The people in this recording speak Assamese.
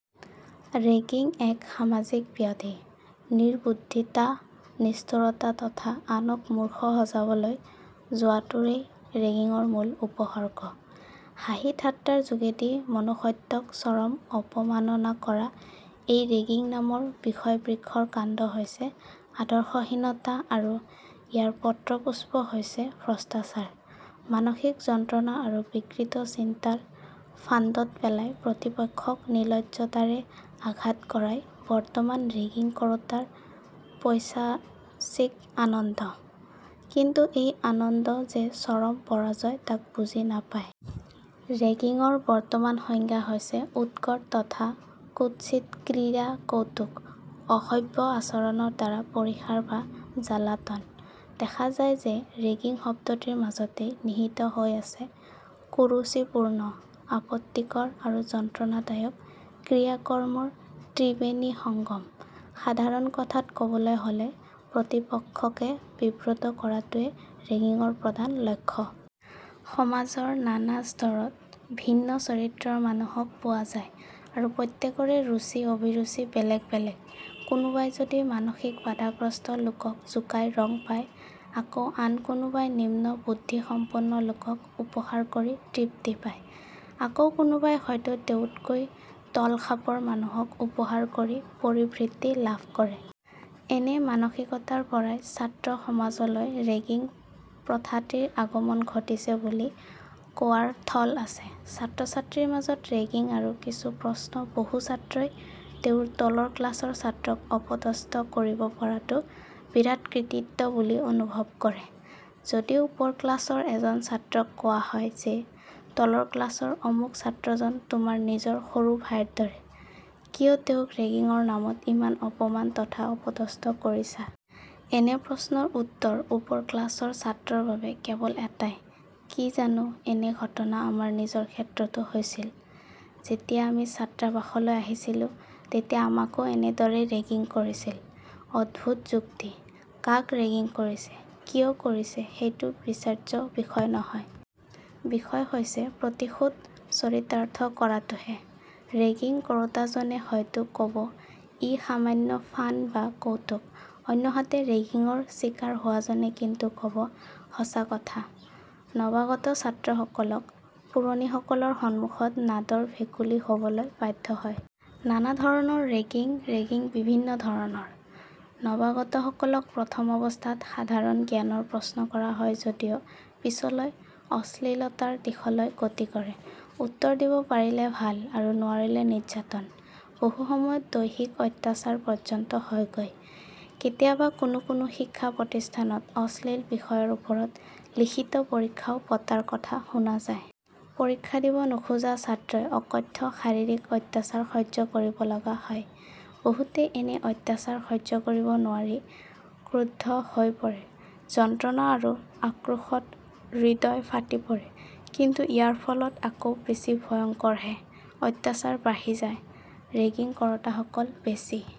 ৰেগিং এক সামাজিক ব্যাধি। নিৰ্বুদ্ধিতা, নিষ্ঠুৰতা তথা আনক মূৰ্খ সজাবলৈ যোৱাটোৱেই ৰেগিঙৰ মূল উপসৰ্গ। হাঁহি-ঠাট্টাৰ যোগেদি মনুষ্যত্বক চৰম অবমাননা কৰা এই ৰেগিং নামৰ বিষবৃক্ষৰ কাণ্ড হৈছে আদৰ্শহীনতা আৰু ইয়াৰ পত্ৰপুষ্প হৈছে ভ্ৰষ্টাচাৰ। মানসিক যন্ত্ৰণা আৰু বিকৃত চিন্তাৰ ফান্দত পেলাই প্ৰতিপক্ষক নিলজ্জতাৰে আঘাত কৰাই বৰ্তমান ৰেগিং কৰোতাৰ পৈশাচিক আনন্দ ৷ কিন্তু এই আনন্দ যে চৰম পৰাজয় তাক বুজি নাপায়। ৰেগিঙৰ বৰ্তমান সংজ্ঞা হৈছে উৎকট তথা কুৎসিত ক্ৰীড়া কৌতুক; অসভ্য আচৰণৰ দ্বাৰা পৰিহাস বা জ্বালাতন। দেখা যায় যে ৰেগিং শব্দটিৰ মাজতেই নিহিত হৈ আছে কুৰুচিপূৰ্ণ, আপত্তিকৰ আৰু যন্ত্ৰণাদায়ক ক্ৰিয়াকৰ্মৰ ত্ৰিবেণীসংগম। সাধাৰণ কথাত ক'বলৈ হ'লে প্ৰতিপক্ষকে বিব্ৰত কৰাটোৱেই ৰেগিঙৰ প্ৰধান লক্ষ্য। সমাজৰ নানা স্তৰত ভিন্ন চৰিত্ৰৰ মানুহক পোৱা যায় আৰু প্ৰত্যেকৰে ৰুচি-অভিৰুচি বেলেগ বেলেগ। কোনোবাই যদি মানসিক বাধাগ্ৰস্ত লোকক জোকাই ৰং পায় আকৌ আন কোনোবাই নিম্ন বুদ্ধিসম্পন্ন লোকক উপহাস কৰি তৃপ্তি পায়। আকৌ কোনোবাই হয়তো তেওঁতকৈ তলখাপৰ মানুহক উপহাস কৰি পৰিভৃপ্তি লাভ কৰে। এনে মানসিকতাৰ পৰাই ছাত্ৰসমাজলৈ ৰেগিং প্ৰথাটিৰ আগমন ঘটিছে বুলি কোৱাৰ থল আছে। ছাত্ৰ-ছাত্ৰীৰ মাজত ৰেগিং আৰু কিছু প্ৰশ্ন বহু ছাত্ৰই তেওঁৰ তলৰ ক্লাচৰ ছাত্ৰক অপদস্থ কৰিব পৰাটো বিৰাট কৃতিত্ব বুলি অনুভৱ কৰে। যদি ওপৰ ক্লাচৰ এজন ছাত্ৰক কোৱা হয় যে, তলৰ ক্লাচৰ অমুক ছাত্ৰজন তোমাৰ নিজৰ সৰু ভাইৰ দৰে, কিয় তেওঁক ৰেগিঙৰ নামত ইমান অপমান তথা অপদস্থ কৰিছা? এনে প্ৰশ্নৰ উত্তৰ ওপৰ ক্লাছৰ ছাত্ৰৰ বাবে কেৱল এটাই- "কি জানো, এনে ঘটনা আমাৰ নিজৰ ক্ষেত্ৰতো হৈছিল। যেতিয়া আমি ছাত্ৰাবাসলৈ আহিছিলো তেতিয়া আমাকো এনেদৰেই ৰেগিং কৰিছিল। " অদ্ভুত যুক্তি, কাক ৰেগিং কৰিছে, কিয় কৰিছে সেইটো বিচাৰ্য বিষয় নহয়। বিষয় হৈছে প্ৰতিশোধ চৰিতাৰ্থ কৰাটোহে। ৰেগিং কৰোতাজনে হয়তো ক'ব- ই সামান্য 'ফান' বা কৌতুক। অন্যহাতে ৰেগিঙৰ চিকাৰ হোৱাজনে কিন্তু ক'ব, ",."! সঁচা কথা, নবাগত ছাত্ৰসকল পুৰণিসকলৰ সন্মুখত নাদৰ ভেকুলী হ'বলৈ বাধ্য হয়। নানাধৰণৰ ৰেগিং ৰেগিংবিভিন্ন ধৰণৰ। নবাগতসকলক প্ৰথম অৱস্থাত সাধাৰণ জ্ঞানৰ প্ৰশ্ন কৰা হয় যদিও পিছলৈ অশ্লীলতাৰ দিশলৈ গতি কৰে। উত্তৰ দিব পাৰিলে ভাল আৰু নোৱাৰিলে নিৰ্যাতন। বহুসময়ত দৈহিক অত্যাচাৰ পৰ্যন্ত হয়গৈ। কেতিয়াবা কোনো কোনো শিক্ষা প্ৰতিষ্ঠানত অশ্লীল বিষয়ৰ ওপৰত লিখিত পৰীক্ষাও পতাৰ কথা শুনা যায়। পৰীক্ষা দিব নোখোজা ছাত্ৰই অকথ্য শাৰীৰিক অত্যাচাৰ সহ্য কৰিবলগা হয়। বহুতে এনে অত্যাচাৰ সহ্য কৰিব নোৱাৰি ক্ৰুদ্ধ হৈ পৰে৷ যন্ত্ৰণা আৰু আক্ৰোশত হৃদয় ফাটি পৰে; কিন্তু ইয়াৰ ফল আকৌ বেছি ভয়ঙ্কৰহে। অত্যাচাৰ বাঢ়ি যায়, ৰেগিং কৰোতাসকল বেছি